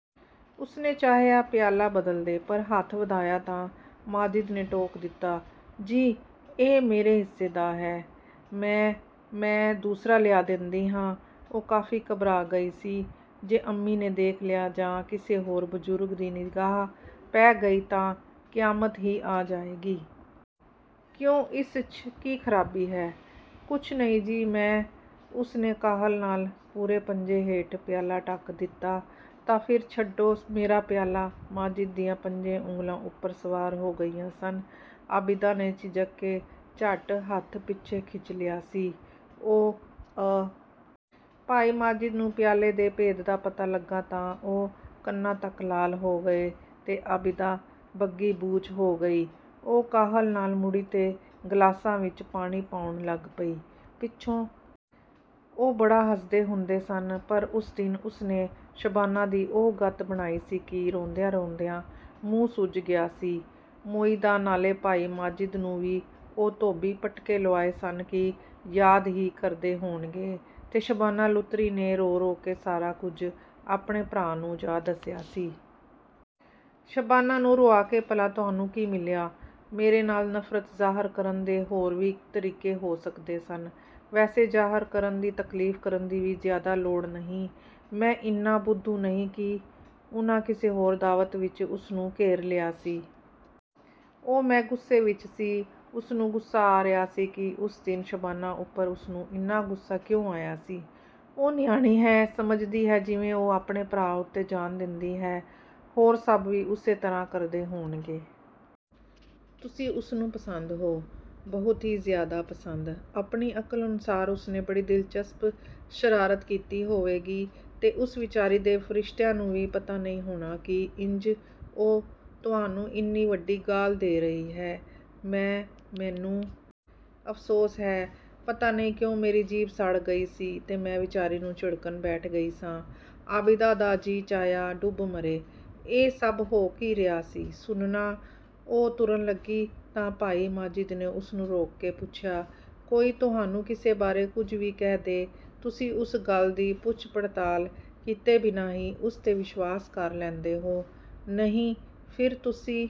ਉਸਨੇ ਚਾਹਿਆ ਪਿਆਲਾ ਬਦਲ ਦੇ, ਪਰ ਹੱਥ ਵਧਾਇਆ ਤਾਂ ਮਾਜਿਦ ਨੇ ਟੋਕ ਦਿੱਤਾ।"ਜੀ, ਇਹ ਮੇਰੇ ਹਿੱਸੇ ਦਾ ਹੈ।""ਮੈਂ-ਮੈਂ, ਦੂਸਰਾ ਲਿਆ ਦੇਂਦੀ ਹਾਂ"। ਉਹ ਕਾਫੀ ਘਬਰਾ ਗਈ ਸੀ, 'ਜੇ ਅੰਮੀ ਨੇ ਦੇਖ ਲਿਆ ਜਾਂ ਕਿਸੇ ਹੋਰ ਬਜ਼ੁਰਗ ਦੀ ਨਿਗਾਹ ਪੈ ਗਈ ਤਾਂ ਕਿਆਮਤ ਹੀ ਆ ਜਾਏਗੀ।' "ਕਿਉਂ, ਇਸ 'ਚ ਕੀ ਖਰਾਬੀ ਹੈ?" "ਕੁੱਝ ਨਹੀਂ, ਮੈਂ।" ਉਸਨੇ ਕਾਹਲ ਨਾਲ, ਪੂਰੇ ਪੰਜੇ ਹੇਠ, ਪਿਆਲਾ ਢਕ ਦਿੱਤਾ।"ਤਾਂ ਫਿਰ ਛੱਡੋ ਮੇਰਾ ਪਿਆਲਾ"। ਮਾਜਿਦ ਦੀਆਂ ਪੰਜੇ ਉਂਗਲਾਂ ਉੱਪਰ ਸਵਾਰ ਹੋ ਗਈਆਂ ਸਨ। ਆਬਿਦਾ ਨੇ ਝਿਜਕ ਕੇ ਝੱਟ ਹੱਥ ਪਿੱਛੇ ਖਿੱਚ ਲਿਆ ਸੀ।"ਓ-ਅ", ਭਾਈ ਮਾਜਿਦ ਨੂੰ ਪਿਆਲੇ ਦੇ ਭੇਦ ਦਾ ਪਤਾ ਲੱਗਾ ਤਾਂ ਉਹ ਕੰਨਾਂ ਤੱਕ ਲਾਲ ਹੋ ਗਏ ਤੇ ਆਬਿਦਾ ਬੱਗੀ-ਬੂਚ ਹੋ ਗਈ। ਉਹ ਕਾਹਲ ਨਾਲ ਮੁੜੀ ਤੇ ਗਲਾਸਾਂ ਵਿੱਚ ਪਾਣੀ ਪਾਉਣ ਲੱਗ ਪਈ। ਪਿੱਛੋਂ ਉਹ ਬੜਾ ਹੱਸਦੇ ਹੁੰਦੇ ਸਨ, ਪਰ ਉਸ ਦਿਨ ਉਸਨੇ ਸ਼ਬਾਨਾ ਦੀ ਉਹ ਗਤ ਬਣਾਈ ਸੀ ਕਿ ਰੋਂਦਿਆਂ-ਰੋਂਦਿਆਂ ਮੂੰਹ ਸੁੱਜ ਗਿਆ ਸੀ ਮੋਈ ਦਾ ਨਾਲੇ ਭਾਈ ਮਾਜਿਦ ਨੂੰ ਵੀ ਉਹ ਧੋਬੀ ਪਟਕੇ ਲੁਆਏ ਸਨ ਕਿ ਯਾਦ ਹੀ ਕਰਦੇ ਹੋਣਗੇ ਤੇ ਸ਼ਬਾਨਾ ਲੁਤਰੀ ਨੇ ਰੋ-ਰੋ ਕੇ ਸਾਰਾ ਕੁਝ ਆਪਣੇ ਭਰਾ ਨੂੰ ਜਾ ਦੱਸਿਆ ਸੀ। "ਸ਼ਬਾਨਾ ਨੂੰ ਰੁਆ ਕੇ ਭਲਾ ਤੁਹਾਨੂੰ ਕੀ ਮਿਲਿਆ? ਮੇਰੇ ਨਾਲ ਨਫ਼ਰਤ ਜ਼ਾਹਰ ਕਰਨ ਦੇ ਹੋਰ ਵੀ ਤਰੀਕੇ ਹੋ ਸਕਦੇ ਸਨ। ਵੈਸੇ ਜ਼ਾਹਰ ਕਰਨ ਦੀ ਤਕਲੀਫ਼ ਕਰਨ ਦੀ ਵੀ ਜ਼ਿਆਦਾ ਲੋੜ ਨਹੀਂ, ਮੈਂ ਇੰਨਾ ਬੁੱਧੂ ਨਹੀਂ ਕਿ"-- ਉਨ੍ਹਾਂ ਕਿਸੇ ਹੋਰ ਦਾਵਤ ਵਿੱਚ ਉਸਨੂੰ ਘੇਰ ਲਿਆ ਸੀ। "ਉਹ, ਮੈਂ ਗੁੱਸੇ ਵਿੱਚ ਸੀ", ਉਸਨੂੰ ਗੁੱਸਾ ਆ ਰਿਹਾ ਕਿ ਉਸ ਦਿਨ ਸ਼ਬਾਨਾ ਉੱਪਰ ਉਸਨੂੰ ਇੰਨਾ ਗੁੱਸਾ ਕਿਉਂ ਆਇਆ ਸੀ। "ਉਹ ਨਿਆਣੀ ਹੈ, ਸਮਝਦੀ ਹੈ ਜਿਵੇਂ ਉਹ ਆਪਣੇ ਭਰਾ ਉੱਤੇ ਜਾਨ ਦਿੰਦੀ ਹੈ, ਹੋਰ ਸਭ ਵੀ ਉਸੇ ਤਰ੍ਹਾਂ ਕਰਦੇ ਹੋਣਗੇ। ਤੁਸੀਂ ਉਸਨੂੰ ਪਸੰਦ ਹੋ, ਬਹੁਤ ਹੀ ਜ਼ਿਆਦਾ ਪਸੰਦ ਆਪਣੀ ਅਕਲ ਅਨੁਸਾਰ ਉਸਨੇ ਬੜੀ ਦਿਲਚਸਪ ਸ਼ਰਾਰਤ ਕੀਤੀ ਹੋਵੇਗੀ, ਤੇ ਉਸ ਵਿਚਾਰੀ ਦੇ ਫਰਿਸ਼ਤਿਆਂ ਨੂੰ ਵੀ ਪਤਾ ਨਹੀਂ ਹੋਣਾ ਕਿ ਇੰਜ ਉਹ ਤੁਹਾਨੂੰ ਇੰਨੀ ਵੱਡੀ ਗਾਲ੍ਹ ਦੇ ਰਹੀ ਹੈ"।"ਮੈਂ-ਮੈਨੂੰ ਅਫ਼ਸੋਸ ਹੈ, ਪਤਾ ਨਹੀਂ ਕਿਉਂ ਮੇਰੀ ਜੀਭ ਸੜ ਗਈ ਸੀ ਤੇ ਮੈਂ ਵਿਚਾਰੀ ਨੂੰ ਝਿੜਕਣ ਬੈਠ ਗਈ ਸਾਂ"। ਆਬਿਦਾ ਦਾ ਜੀਅ ਚਾਹਿਆ, ਡੁੱਬ ਮਰੇ। ਇਹ ਸਭ ਹੋ ਕੀ ਰਿਹਾ ਸੀ?"ਸੁਣਨਾ", ਉਹ ਤੁਰਨ ਲੱਗੀ ਤਾਂ ਭਾਈ ਮਾਜਿਦ ਨੇ ਉਸਨੂੰ ਰੋਕ ਕੇ ਪੁੱਛਿਆ,"ਕੋਈ ਤੁਹਾਨੂੰ ਕਿਸੇ ਬਾਰੇ ਕੁਝ ਵੀ ਕਹਿ ਦੇ, ਤੁਸੀਂ ਉਸ ਗੱਲ ਦੀ ਪੁੱਛ-ਪੜਤਾਲ ਕੀਤੇ ਬਿਨਾਂ ਹੀ ਉਸ 'ਤੇ ਵਿਸ਼ਵਾਸ ਕਰ ਲੈਂਦੇ ਹੋ"। "ਨਹੀਂ"।"ਫਿਰ ਤੁਸੀਂ